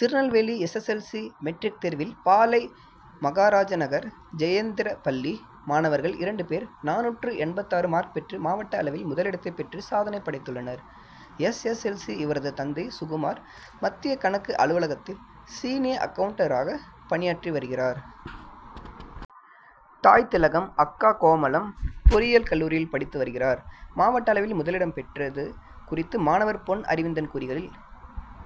Tirunelveli S. S. L. C. Matric தேர்வில் பாளை., மகாராஜநகர் ஜெயேந்திரா பள்ளி மாணவர்கள் இரண்டு பேர் நானூற்று எண்பத்தாறு மார்க் பெற்று மாவட்ட அளவில் முதலிடத்தை பெற்று சாதனை படைத்துள்ளனர். எஸ். எஸ். எல். சி. இவரது தந்தை சுகுமார். மத்திய கணக்கு அலுவலகத்தில் சீனியர் அக்கவுண்டன்டாக பணியாற்றிவருகிறார். தாய் திலகம். அக்கா கோமளம். பொறியியல் கல்லூரியில் படித்து வருகிறார். மாவட்ட அளவில் முதலிடம் பெற்றது குறித்து மாணவர் பொன் அரவிந்தன் கூறுகையில்,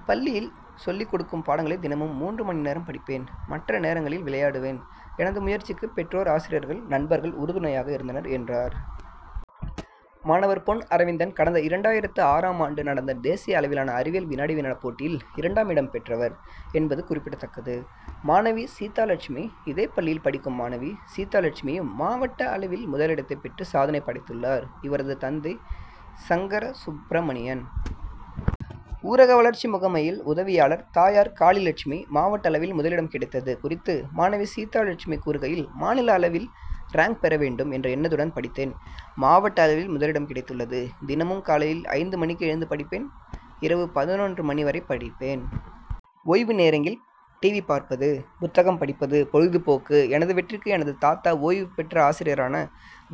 பள்ளியில் சொல்லிக் கொடுக்கும் பாடங்களை தினமும் மூன்று மணி நேரம் படிப்பேன். மற்ற நேரங்களில் விளையாடுவேன். எனது முயற்சிக்கு பெற்றோர், ஆசிரியர்கள், நண்பர்கள் உறுதுணையாக இருந்தனர் என்றார். மாணவர் பொன் அரவிந்தன் கடந்த இரண்டாயிரத்து ஆறாம் ஆண்டு நடந்த தேசிய அளவிலான அறிவியல் வினாடி-வினா போட்டியில் இரண்டாமிடம் பெற்றவர் என்பது குறிப்பிடதக்கது. மாணவி சீதாலெட்சுமி இதே பள்ளியில் படிக்கும் மாணவி சீதா லெட்சுமியும் மாவட்ட அளவில் முதலிடத்தை பெற்று சாதனை படைத்துள்ளார். இவரது தந்தை சங்கரசுப்பிரமணியன். ஊரக வளர்ச்சி முகமையில் உதவியாளர். தாயார் காளிலெட்சுமி. மாவட்ட அளவில் முதலிடம் கிடைத்தது குறித்து மாணவி சீதா லெட்சுமி கூறுகையில், மாநில அளவில் ரேங்க் பெறவேண்டும் என்ற எண்ணத்துடன் படித்தேன். மாவட்ட அளவில் முதலிடம் கிடைத்துள்ளது. தினமும் காலையில் ஐந்து மணிக்கு எழுந்து படிப்பேன். இரவு பதினொன்று மணி வரை படிப்பேன். ஓய்வு நேரங்கில் டிவி பார்ப்பது, புத்தகம் படிப்பது பொழுதுபோக்கு. எனது வெற்றிக்கு எனது தாத்தா ஓய்வு பெற்ற ஆசிரியரான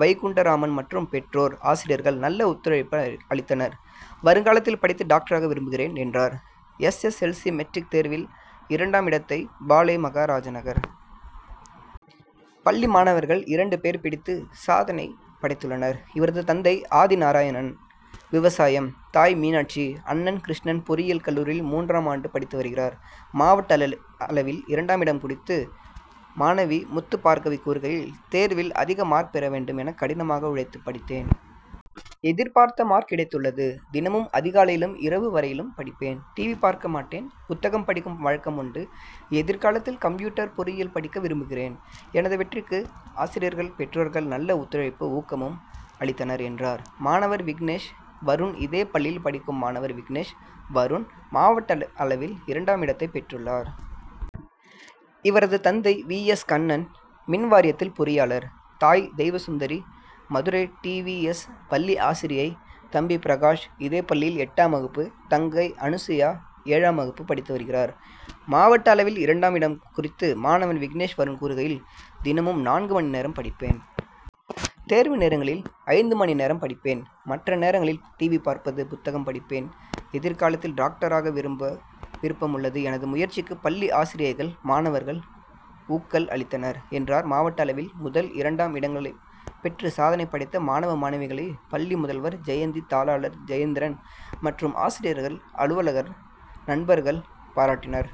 வைகுண்டராமன் மற்றும் பெற்றோர், ஆசிரியர்கள் நல்ல ஒத்துழைப்பு அளித்தனர். வருங்காலத்தில் படித்து டாக்டராக விரும்புகிறேன் என்றார். S. S. L. C. Matric தேர்வில் இரண்டாமிடத்தையும் பாளை.,மகாராஜநகர் பள்ளி மாணவர்கள் இரண்டு பேர் பிடித்து சாதனை படைத்துள்ளனர். இவரது தந்தை ஆதிநாராயணன். விவசாயம். தாய் மீனாட்சி. அண்ணன் கிருஷ்ணன் பொறியியல் கல்லூரியில் மூன்றாம் ஆண்டு படித்து வருகிறார். மாவட்ட அளவில் இரண்டாமிடம் குறித்து மாணவி முத்துபார்க்கவி கூறுகையில், தேர்வில் அதிக மார்க் பெறவேண்டும் என கடினமாக உழைத்து படித்தேன். எதிர்பார்த்த மார்க் கிடைத்துள்ளது. தினமும் அதிகாலையிலும், இரவு வரையிலும் படிப்பேன். டிவி பார்க்கமாட்டேன். புத்தகம் படிக்கும் வழக்கம் உண்டு. எதிர்காலத்தில் கம்ப்யூட்டர் பொறியில் படிக்க விரும்புகிறேன். எனது வெற்றிக்கு ஆசிரியர்கள், பெற்றோர்கள் நல்ல ஒத்துழைப்பும், ஊக்கமும் அளித்தனர் என்றார்'. மாணவர் விக்னேஷ் வருண் இதே பள்ளியில் படிக்கும் மாணவர் விக்னேஷ் வருண் மாவட்ட அளவில் இரண்டாமிடத்தை பெற்றுள்ளார். இவரது தந்தை வி. எஸ். கண்ணன். மின்வாரியத்தில் பொறியாளர். தாய் Deivasundari. Madurai T. V. S. பள்ளி ஆசிரியை. தம்பி பிரகாஷ். இதே பள்ளியில் எட்டாம் வகுப்பு. தங்கை அனுசுயா. ஏழாம் வகுப்பு படித்து வருகிறார். மாவட்ட அளவில் இரண்டாம் இடம் குறித்து மாணவன் விக்னேஷ் வருண் கூறுகையில், தினமும் நான்கு மணி நேரம் படிப்பேன். தேர்வு நேரங்களில் ஐந்து மணி நேரம் படிப்பேன். மற்ற நேரங்களில் டிவி பார்ப்பது, புத்தகம் படிப்பேன். எதிர்காலத்தில் டாக்டராக விருப்பம் உள்ளது. எனது முயற்சிக்கு பள்ளி ஆசிரியைகள், மாணவர்கள் ஊக்கள் அளித்தனர் என்றார். மாவட்ட அளவில் முதல், இரண்டாம் இடங்களை பெற்று சாதனை படைத்த மாணவ, மாணவிகளை பள்ளி முதல்வர் ஜெயந்தி, தாளாளர் ஜெயந்திரன் மற்றும் ஆசிரியர்கள், அலுவலர்கள், நண்பர்கள் பாராட்டினர்.